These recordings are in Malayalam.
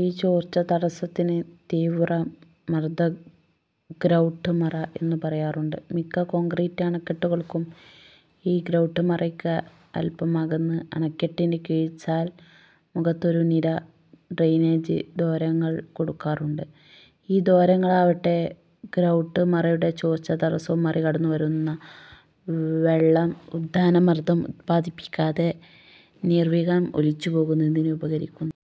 ഈ ചോർച്ച-തടസ്സത്തിന് 'തീവ്രമർദഗ്രൌട്ട്മറ' എന്നു പറയാറുണ്ട്. മിക്ക കോൺക്രീറ്റ് അണക്കെട്ടുകൾക്കും ഈ ഗ്രൌട്ട്-മറയ്ക്ക് അല്പം അകന്ന് അണക്കെട്ടിന്റെ കീഴ്ചാൽ മുഖത്ത് ഒരു നിര ഡ്രെയിനേജ് ദ്വാരങ്ങൾ കൊടുക്കാറുണ്ട്. ഈ ദ്വാരങ്ങളാവട്ടെ ഗ്രൌട്ട്-മറയുടെ ചോർച്ച-തടസ്സവും മറികടന്നു വരുന്ന വെള്ളം ഉത്ഥാന മർദ്ദം ഉത്പാദിപ്പിക്കാതെ നിർവിഘ്നം ഒലിച്ചു പോകുന്നതിന് ഉപകരിക്കുന്നു.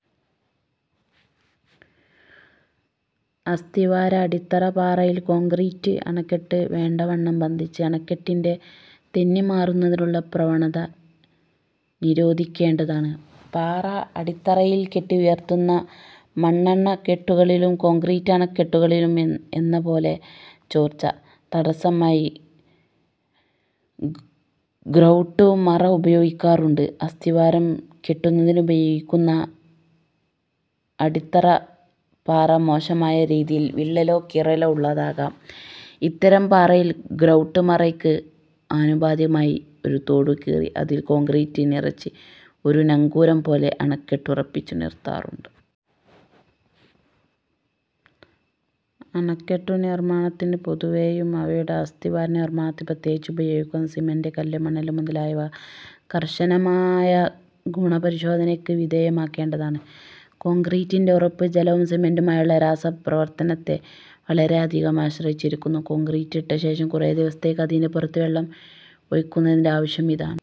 അസ്ഥിവാര-അടിത്തറ പാറയിൽ കോൺക്രീറ്റ് അണക്കെട്ട് വേണ്ടവണ്ണം ബന്ധിച്ച് അണക്കെട്ടിന്റെ 'തെന്നിമാറുന്നതിനുള്ള പ്രവണത' നിരോധിക്കേണ്ടതാണ്. പാറ അടിത്തറയിൽ കെട്ടി ഉയർത്തുന്ന മണ്ണണക്കെട്ടുകളിലും കോൺക്രീറ്റ് അണക്കെട്ടുകളിൽ എന്നപോലെ ചോർച്ച-തടസ്സമായി ഗ്രൌട്ടു-മറ ഉപയോഗിക്കാറുണ്ട്. അസ്ഥിവാരം കെട്ടുന്നതിനുപയോഗിക്കുന്ന അടിത്തറ പാറ മോശമായ രീതിയിൽ വിള്ളലോ കീറലോ ഉള്ളതാകാം. ഇത്തരം പാറയിൽ ഗ്രൌട്ട്-മറയ്ക്ക് ആനുപാതികമായി ഒരു തോടു കീറി അതിൽ കോൺക്രീറ്റ് നിറച്ച് ഒരു നങ്കൂരം പോലെ അണക്കെട്ടുറപ്പിച്ചു നിർത്താറുണ്ട്. അണക്കെട്ടു നിർമ്മാണത്തിന് പൊതുവെയും അവയുടെ അസ്ഥിവാര നിർമ്മാണത്തിന് പ്രത്യേകിച്ചും ഉപയോഗിക്കുന്ന സിമന്റ്, കല്ല്, മണല് മുതലായവ കർശനമായ ഗുണ പരിശോധനയ്ക്ക് വിധേയമാക്കേണ്ടതാണ്. കോൺക്രീറ്റിന്റെ ഉറപ്പ് ജലവും സിമന്റുമായുള്ള രാസ പ്രവർത്തനത്തെ വളരെ അധികം ആശ്രയിച്ചിരിക്കുന്നു. കോൺക്രീറ്റ് ഇട്ട ശേഷം കുറേ ദിവസത്തേക്ക് അതിന്റെ പുറത്ത് വെള്ളം ഒഴിയ്ക്കുന്നതിന്റെ ആവശ്യം ഇതാണ്.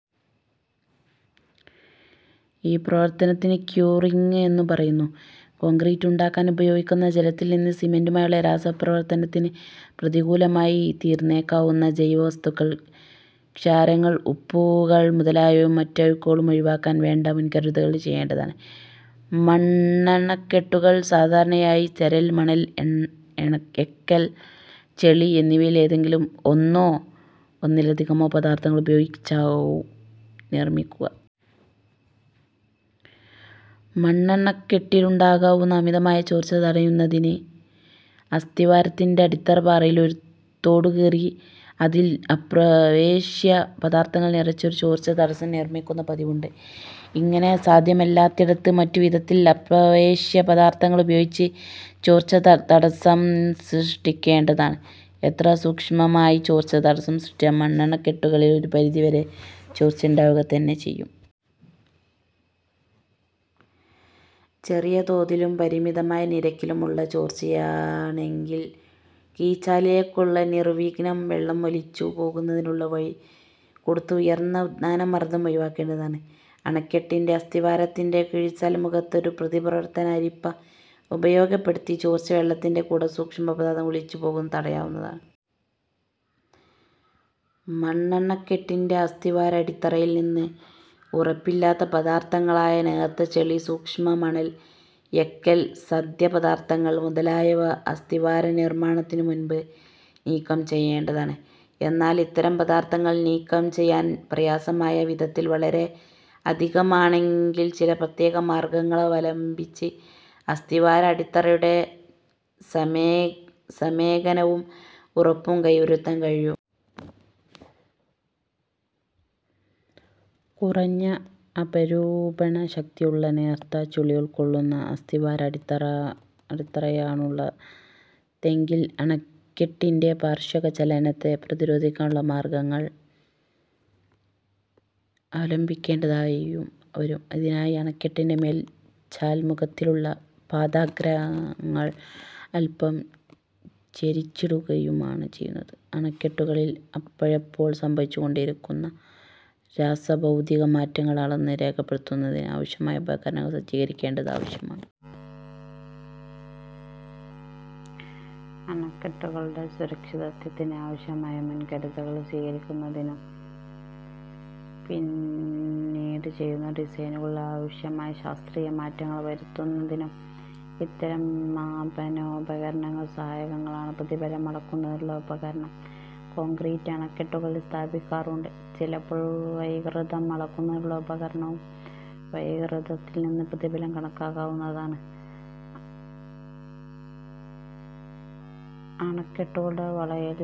ഈ പ്രവർത്തനത്തിന് ക്യൂറിങ്ങ് എന്നു പറയുന്നു. കോൺക്രീറ്റ് ഉണ്ടാക്കാൻ ഉപയോഗിക്കുന്ന ജലത്തിൽ നിന്ന് സിമന്റുമായുള്ള രാസ പ്രവർത്തനത്തിന് പ്രതികൂലമായി തീർന്നേക്കാവുന്ന ജൈവ വസ്തുക്കൾ, ക്ഷാരങ്ങൾ, ഉപ്പുകൾ മുതലായവയും മറ്റ് അഴുക്കുകളും ഒഴിവാക്കാൻ വേണ്ട മുൻകരുതലുകൾ ചെയ്യേണ്ടതാണ്. മണ്ണണക്കെട്ടുകൾ സാധാരണയായി ചരൽ, മണൽ, എക്കൽ, ചെളി എന്നിവയിൽ ഏതെങ്കിലും ഒന്നോ ഒന്നിലധികമൊ പദാർഥങ്ങൾ ഉപയോഗിച്ചാവും നിർമ്മിക്കുക. മണ്ണണക്കെട്ടിലുണ്ടാകാവുന്ന അമിതമായ ചോർച്ച തടയുന്നതിന് അസ്ഥിവാരത്തിന്റെ അടിത്തറ പാറയിൽ ഒരു തോടു കീറി അതിൽ അപ്രവേശ്യ പദാർഥങ്ങൾ നിറച്ച് ഒരു ചോർച്ച തടസ്സം നിർമ്മിക്കുന്ന പതിവുണ്ട്. ഇങ്ങനെ സാധ്യമല്ലാത്തിടത്ത് മറ്റു വിധത്തിൽ അപ്രവേശ്യ പദാർഥങ്ങൾ ഉപയോഗിച്ച് ചോർച്ച തടസ്സം സൃഷ്ടിക്കേണ്ടതാണ്. എത്ര സൂക്ഷ്മമായി ചോർച്ച-തടസ്സം സൃഷ്ടിച്ചാലും മണ്ണണക്കെട്ടുകളിൽ ഒരു പരിധി വരെ ചോർച്ചയുണ്ടാവുക തന്നെ ചെയ്യും. ചെറിയ തോതിലും പരിമിതമായ നിരക്കിലും ഉള്ള ചോർച്ചയാണെങ്കിൽ കീഴ്ചാലിലേക്കു നിർവിഘ്നം വെള്ളം ഒലിച്ചു പോകുന്നതിനുള്ള വഴി കൊടുത്ത് ഉയർന്ന ഉത്ഥാന മർദ്ദം ഒഴിവാക്കേണ്ടതാണ്. അണക്കെട്ടിന്റെ അസ്ഥിവാരത്തിന്റെ കീഴ്ചാൽ മുഖത്ത് ഒരു പ്രതിപ്രവർത്തന അരിപ്പ ഉപയോഗപ്പെടുത്തി ചോർച്ച വെള്ളത്തിന്റെ കൂടെ സൂക്ഷ്മ പദാർഥങ്ങൾ ഒലിച്ചു പോകുന്നത് തടയാവുന്നതാണ്. മണ്ണണക്കെട്ടിന്റെ അസ്ഥിവാര അടിത്തറയിൽ നിന്ന് ഉറപ്പില്ലാത്ത പദാർഥങ്ങളായ നേർത്ത ചെളി, സൂക്ഷ്മ മണൽ, എക്കൽ, സസ്യ പദാർഥങ്ങൾ മുതലായവ അസ്ഥിവാര നിർമ്മാണത്തിനു മുൻപ് നീക്കം ചെയ്യേണ്ടതാണ്. എന്നാൽ ഇത്തരം പദാർഥങ്ങൾ നീക്കം ചെയ്യാൻ പ്രയാസമായ വിധത്തിൽ വളരെ അധികമാണെങ്കിൽ, ചില പ്രത്യേക മാർഗ്ഗങ്ങളവലംബിച്ച് അസ്ഥിവാര-അടിത്തറയുടെ സമേകനവും ഉറപ്പും കൈവരുത്താൻ കഴിയും. കുറഞ്ഞ അപരൂപണ ശക്തിയുള്ള നേർത്ത ചെളിയുൾക്കൊള്ളുന്ന അസ്ഥിവാര-അടിത്തറയാണുള്ളതെങ്കിൽ അണക്കെട്ടിന്റെ പാർശ്വിക ചലനത്തെ പ്രതിരോധിക്കാനുള്ള മാർഗ്ഗങ്ങൾ അവലംബിക്കേണ്ടതായും വരും. ഇതിനായി അണക്കെട്ടിന്റെ മേൽ ചാൽമുഖത്തിലുള്ള പാദാഗ്രങ്ങൾ അല്പം ചരിച്ചിടുകയുമാണ് ചെയ്യുന്നത്. അണക്കെട്ടുകളിൽ അപ്പഴപ്പോൾ സംഭവിച്ചു കൊണ്ടിരിക്കുന്ന രാസഭൌതിക മാറ്റങ്ങൾ അളന്ന് രേഖപ്പെടുത്തുന്നതിന് ആവശ്യമായ ഉപകരണങ്ങൾ സജ്ജീകരിക്കേണ്ടത് ആവശ്യമാണ്. അണക്കെട്ടുകളുടെ സുരക്ഷിതത്വത്തിന് ആവശ്യമായ മുൻകരുതലുകൾ സ്വീകരിക്കുന്നതിനും, പിന്നീട് ചെയ്യുന്ന ഡിസൈനുകളിൽ ആവശ്യമായ ശാസ്ത്രീയ മാറ്റങ്ങൾ വരുത്തുന്നതിനും ഇത്തരം മാപനോപകരണങ്ങൾ സഹായകങ്ങളാണ്. പ്രതിബലം അളക്കുന്നതിനുള്ള ഉപകരണം കോൺക്രീറ്റ് അണക്കെട്ടുകളിൽ സ്ഥാപിക്കാറുണ്ട്. ചിലപ്പോൾ വൈകൃതം അളക്കുന്നതിനുള്ള ഉപകരണവും; വൈകൃതത്തിൽ നിന്ന് പ്രതിബലം കണക്കാക്കാവുന്നതാണ്. അണക്കെട്ടുകളുടെ വളയൽ,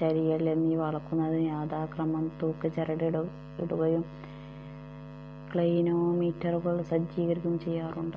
ചരിയൽ എന്നിവ അളക്കുന്നതിന് യഥാക്രമം തൂക്ക്ചരട് ഇടുകയും ക്ളൈനോ മീറ്ററുകൾ സജ്ജീകരിക്കുകയും ചെയ്യാറുണ്ട്.